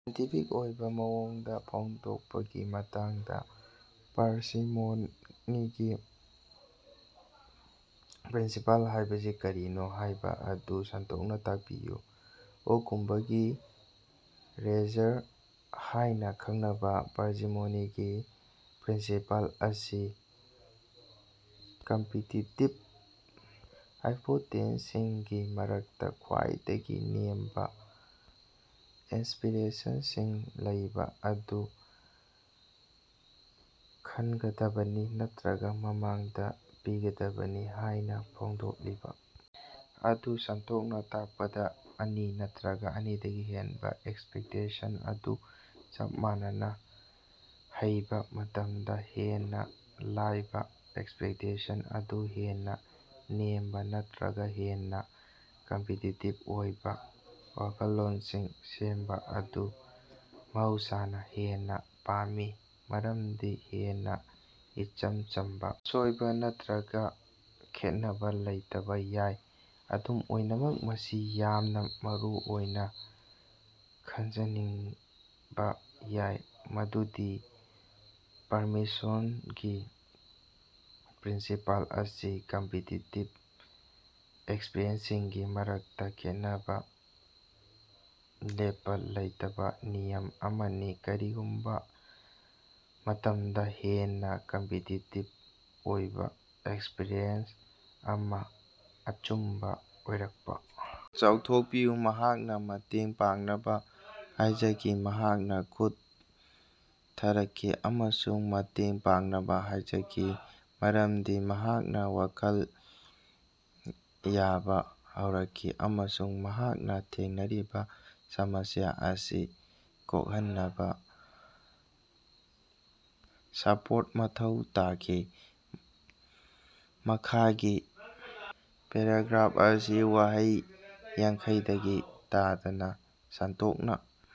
Scientific ꯑꯣꯏꯕ ꯃꯑꯣꯡꯗ ꯐꯣꯡꯗꯣꯛꯄꯒꯤ ꯃꯇꯥꯡꯗ ꯄꯥꯔꯁꯤꯃꯣꯅꯤꯒꯤ ꯄ꯭ꯔꯤꯟꯁꯤꯄꯜ ꯍꯥꯏꯕꯁꯤ ꯀꯔꯤꯅꯣ ꯍꯥꯏꯕꯗꯨ ꯁꯟꯗꯣꯛꯅ ꯇꯥꯛꯄꯤꯌꯨ꯫ ꯑꯣꯛꯀꯝꯒꯤ ꯔꯦꯖꯔ ꯍꯥꯏꯅ ꯈꯪꯅꯕꯥ ꯄꯥꯔꯁꯤꯃꯣꯅꯤꯒꯤ ꯄ꯭ꯔꯤꯟꯁꯤꯄꯜ ꯑꯁꯤ ꯀꯝꯄꯤꯇꯤꯇꯤꯕ ꯍꯥꯏꯄꯣꯇꯦꯁꯤꯁꯁꯤꯡꯒꯤ ꯃꯔꯛꯇꯥ ꯈ꯭ꯋꯥꯏꯗꯒꯤ ꯅꯦꯝꯕꯥ ꯑꯦꯁ꯭ꯄꯤꯔꯦꯁꯟꯁꯤꯡ ꯂꯩꯕ ꯑꯗꯨ ꯈꯟꯒꯗꯕꯅꯤ ꯅꯠꯇꯔꯒ ꯃꯃꯥꯡꯗꯥ ꯄꯤꯒꯗꯕꯅꯤ ꯍꯥꯏꯅꯥ ꯐꯣꯡꯗꯣꯛꯂꯤꯕꯥ ꯑꯗꯨ ꯁꯟꯗꯣꯛꯅ ꯇꯥꯛꯄꯗ ꯑꯅꯤ ꯅꯠꯇꯔꯒꯥ ꯑꯅꯤꯗꯒꯤ ꯍꯦꯟꯕꯥ ꯑꯦꯛꯁꯄꯦꯇꯦꯁꯟ ꯑꯗꯨ ꯆꯞ ꯃꯥꯟꯅꯅ ꯍꯩꯕꯥ ꯃꯇꯝꯗꯥ, ꯍꯦꯟꯅꯥ ꯂꯥꯏꯕ ꯑꯦꯛꯁꯄꯦꯇꯦꯁꯟ ꯑꯗꯨ ꯍꯦꯟꯅ ꯅꯦꯝꯕ ꯅꯠꯇꯔꯒꯥ ꯍꯦꯟꯅꯥ ꯀꯝꯄꯤꯇꯤꯇꯤꯕ ꯑꯣꯏꯕꯥ ꯋꯥꯈꯜꯂꯣꯟꯁꯤꯡ ꯁꯦꯝꯕꯥ ꯑꯗꯨ ꯃꯍꯧꯁꯥꯅꯥ ꯍꯦꯟꯅꯥ ꯄꯥꯝꯃꯤ꯫ ꯃꯔꯃꯗꯤ ꯍꯦꯟꯅꯥ ꯏꯆꯝ ꯆꯝꯕꯥ ꯑꯁꯣꯏꯕꯥ ꯅꯠꯇꯔꯒꯥ ꯈꯦꯠꯅꯕꯥ ꯂꯩꯇꯕꯥ ꯌꯥꯏ꯫ ꯑꯗꯨꯝ ꯑꯣꯏꯅꯃꯛ, ꯃꯁꯤ ꯌꯥꯝꯅꯥ ꯃꯔꯨꯑꯣꯏꯅꯥ ꯈꯪꯖꯤꯅꯕ ꯌꯥꯏ ꯃꯗꯨꯗꯤ ꯄꯥꯔꯃꯤꯁꯣꯟꯒꯤ ꯄ꯭ꯔꯤꯟꯁꯤꯄꯜ ꯑꯁꯤ ꯀꯝꯄꯤꯇꯤꯇꯤꯕ ꯑꯦꯛꯁꯄꯂꯦꯅꯦꯁꯟꯁꯤꯡꯒꯤ ꯃꯔꯛꯇꯥ ꯈꯟꯕꯒꯤ ꯂꯦꯞꯄꯥ ꯂꯩꯇꯕꯥ ꯅꯤꯌꯝ ꯑꯃꯅꯤ꯫ ꯀꯔꯤꯒꯨꯝꯕꯥ ꯃꯇꯝꯗꯥ, ꯍꯦꯟꯅꯥ ꯀꯝꯄꯤꯇꯤꯇꯤꯕ ꯑꯣꯏꯕꯥ ꯑꯦꯛꯁꯄꯂꯦꯟ ꯑꯃꯥ ꯑꯆꯨꯝꯕꯥ ꯑꯣꯏꯔꯛꯄꯥ ꯆꯥꯎꯊꯣꯛꯍꯟꯕꯤꯌꯨ꯫ ꯃꯍꯥꯛꯅꯥ ꯃꯇꯦꯡ ꯄꯥꯡꯅꯕꯥ ꯍꯥꯏꯖꯈꯤ꯫ ꯃꯍꯥꯛꯅꯥ ꯈꯨꯠ ꯊꯥꯔꯛꯈꯤ ꯑꯃꯁꯨꯡ ꯃꯇꯦꯡ ꯄꯥꯡꯅꯕꯥ ꯍꯥꯏꯖꯈꯤ ꯃꯔꯝꯗꯤ ꯃꯍꯥꯛꯅꯥ ꯋꯥꯈꯜ ꯋꯥꯕꯥ ꯍꯧꯔꯛꯈꯤ ꯑꯃꯁꯨꯡ ꯃꯍꯥꯛꯅꯥ ꯊꯦꯡꯅꯔꯤꯕꯥ ꯁꯃꯁ꯭ꯌꯥ ꯑꯁꯤ ꯀꯣꯛꯍꯟꯅꯕꯥ ꯁꯄꯣꯔꯠ ꯃꯊꯧ ꯇꯥꯈꯤ꯫ ꯃꯈꯥꯒꯤ ꯄꯦꯔꯥꯒ꯭ꯔꯥꯐ ꯑꯁꯤ ꯋꯥꯍꯩ ꯌꯥꯡꯈꯩꯗꯒꯤ ꯇꯥꯗꯅꯥ ꯁꯟꯗꯣꯛꯅꯥ